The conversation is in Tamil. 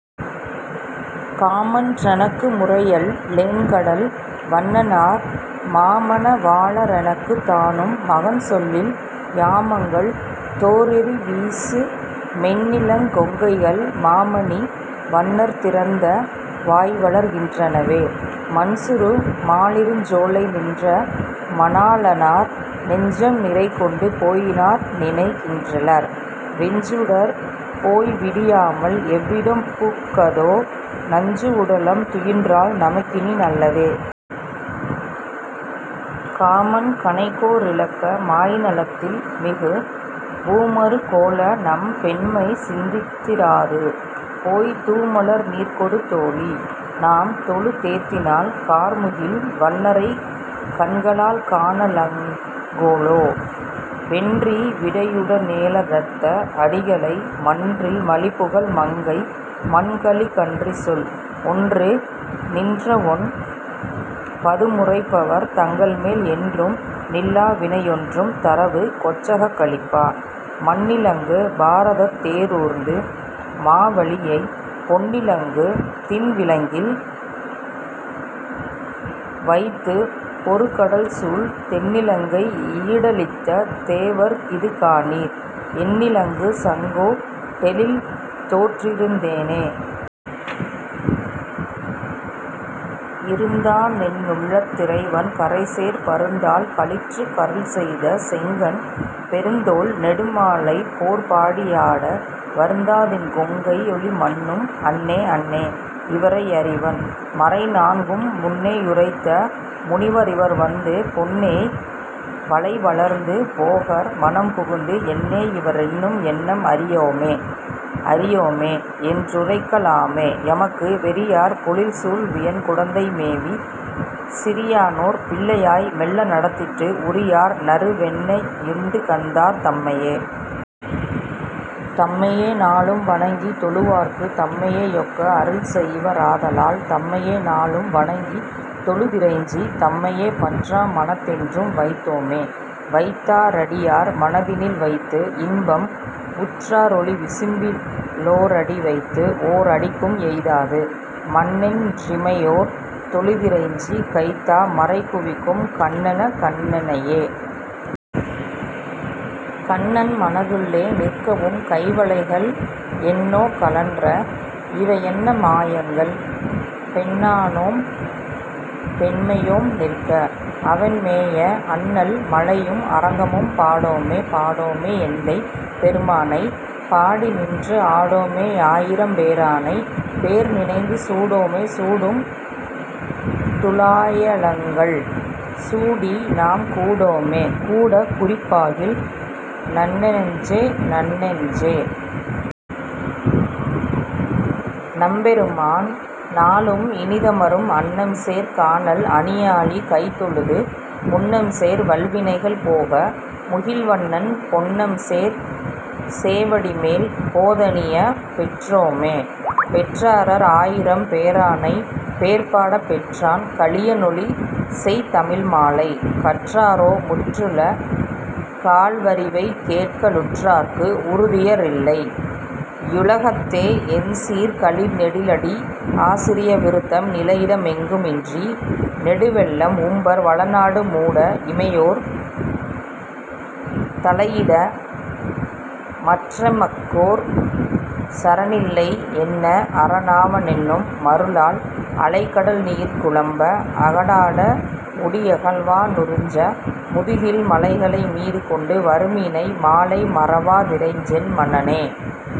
காமன் றனக்கு முரையல் லேன்கடல் வண்ணனார், மாமண வாள ரெனக்குத் தானும் மகன்சொல்லில், யாமங்கள் தோறெரி வீசு மென்னிளங் கொங்கைகள், மாமணி வண்ணர் திறத்த வாய்வளர் கின்றவே.. மன்சுறு மாலிருஞ் சோலை நின்ற மணாளனார், நெஞ்சம் நிறைகொண்டு போயி னார்நினை கின்றிலர், வெஞ்சுடர் போய்விடி யாமல் எவ்விடம் புக்கதோ, நஞ்சு உடலம் துயின்றால் நமக்கினி நல்லதே.. காமன் கணைக்கோ ரிலக்க மாய்நலத் தில்மிகு, பூமரு கோலநம் பெண்மை சிந்தித்தி ராதுபோய் தூமலர் நீர்கொடு தோழி. நாம்தொழு தேத்தினால் கார்முகில் வண்ணரைக் கண்க ளால்காண லாங் கொலோ.. வென்றி விடையுட னேழ டர்த்த அடிகளை, மன்றில் மலிபுகழ் மங்கை மன்கலி கன்றிசொல், ஒன்று நின்றவொன் பதுமு ரைப்பவர் தங்கள்மேல் என்றும் நில்லாவினை யொன்றும் தரவு கொச்சகக் கலிப்பா மன்னிலங்கு பாரதத்துத் தேரூர்ந்து, மாவலியைப் பொன்னிலங்கு திண்விலங்கில் வைத்துப் பொருகடல்சூழ் தென்னிலங்கை யீடழித்த தேவர்க் கிதுகாணீர் என்னிலங்கு சங்கோ டெழில்தோற் றிருந்தேனே.. இருந்தானெ னுள்ளத் திறைவன், கறைசேர் பருந்தாள் களிற்றுக் கருள்செய்த, செங்கண் பெருந்தோள் நெடுமாலைப் போர்பாடி யாட வருந்தாதென் கொங்கை யொளிமன்னும் அன்னே.. அன்னே. இவரை யறிவன், மறைநான்கும் முன்னே யுரைத்த முனிவ ரிவர்வந்து பொன்னேய் வளைவளர்ந்து போகார் மனம்புகுந்து என்னே யிவரெண்ணும் எண்ணம் அறியோமே.. அறியோமே யென்றுரைக்க லாமே எமக்கு, வெறியார் பொழில்சூழ் வியன்குடந்தை மேவி, சிறியானோர் பிள்ளையாய் மெள்ள நடந்திட்டு உறியார் நறுவெண்ணெ யுண்டுகந்தார் தம்மையே?. தம்மையே நாளும் வணங்கித் தொழுவார்க்கு, தம்மையே யொக்க அருள்செய்வ ராதலால், தம்மையே நாளும் வணங்கித் தொழுதிறைஞ்சி, தம்மையே பற்றா மனத்தென்றும் வைத்தோமே.. வைத்தா ரடியார் மனத்தினில் வைத்து, இன்பம் உற்றா ரொளிவிசும்பி லோரடிவைத்து, ஓரடிக்கும் எய்த்தாது மண்ணென் றிமையோர் தொழுதிறைஞ்சி, கைத்தா மரைகுவிக்கும் கண்ணனென் கண்ணனையே. கண்ணன் மனத்துள்ளே நிற்கவும், கைவளைகள் என்னோ கழன்ற? இவையென்ன மாயங்கள்? பெண்ணானோம் பெண்மையோம் நிற்க, அவன்மேய, அண்ணல் மலையும் அரங்கமும் பாடோமே.. பாடோமே யெந்தை பெருமானை? பாடிநின்று ஆடோமே யாயிரம் பேரானை? பேர்நினைந்து சூடோமே சூடும் துழாயலங்கல்? சூடி, நாம் கூடோமே கூடக் குறிப்பாகில்? நன்னெஞ்சே.. நன்னெஞ்சே. நம்பெருமான் நாளும் இனிதமரும், அன்னம்சேர் கானல் அணியாலி கைதொழுது, முன்னம்சேர் வல்வினைகள் போக முகில்வண்ணன், பொன்னம்சேர் சேவடிமேல் போதணியப் பெற்றோமே.. பெற்றாரார் ஆயிரம் பேரானைப், பேர்பாடப் பெற்றான் கலிய னொலிசெய் தமிழ்மாலை, கற்றாரோ முற்றுல காள்வ ரிவைகேட்க லுற்றார்க்கு, உறுதுய ரில்லை யுலகத்தே எண்சீர்க் கழிநெடிலடி ஆசிரிய விருத்தம் நிலையிட மெங்கு மின்றி நெடுவெள்ளம் உம்பர் வளநாடு மூட இமையோர் தலையிட மற்றெ மக்கொர் சரணில்லை என்ன அரணாவ னென்னு மருளால் அலைகடல் நீர்க்கு ழம்ப அகடாட ஒடி யகல்வா னுரிஞ்ச, முதுகில் மலைகளை மீது கொண்டு வருமீனை மாலை மறவா திறைஞ்சென் மனனே..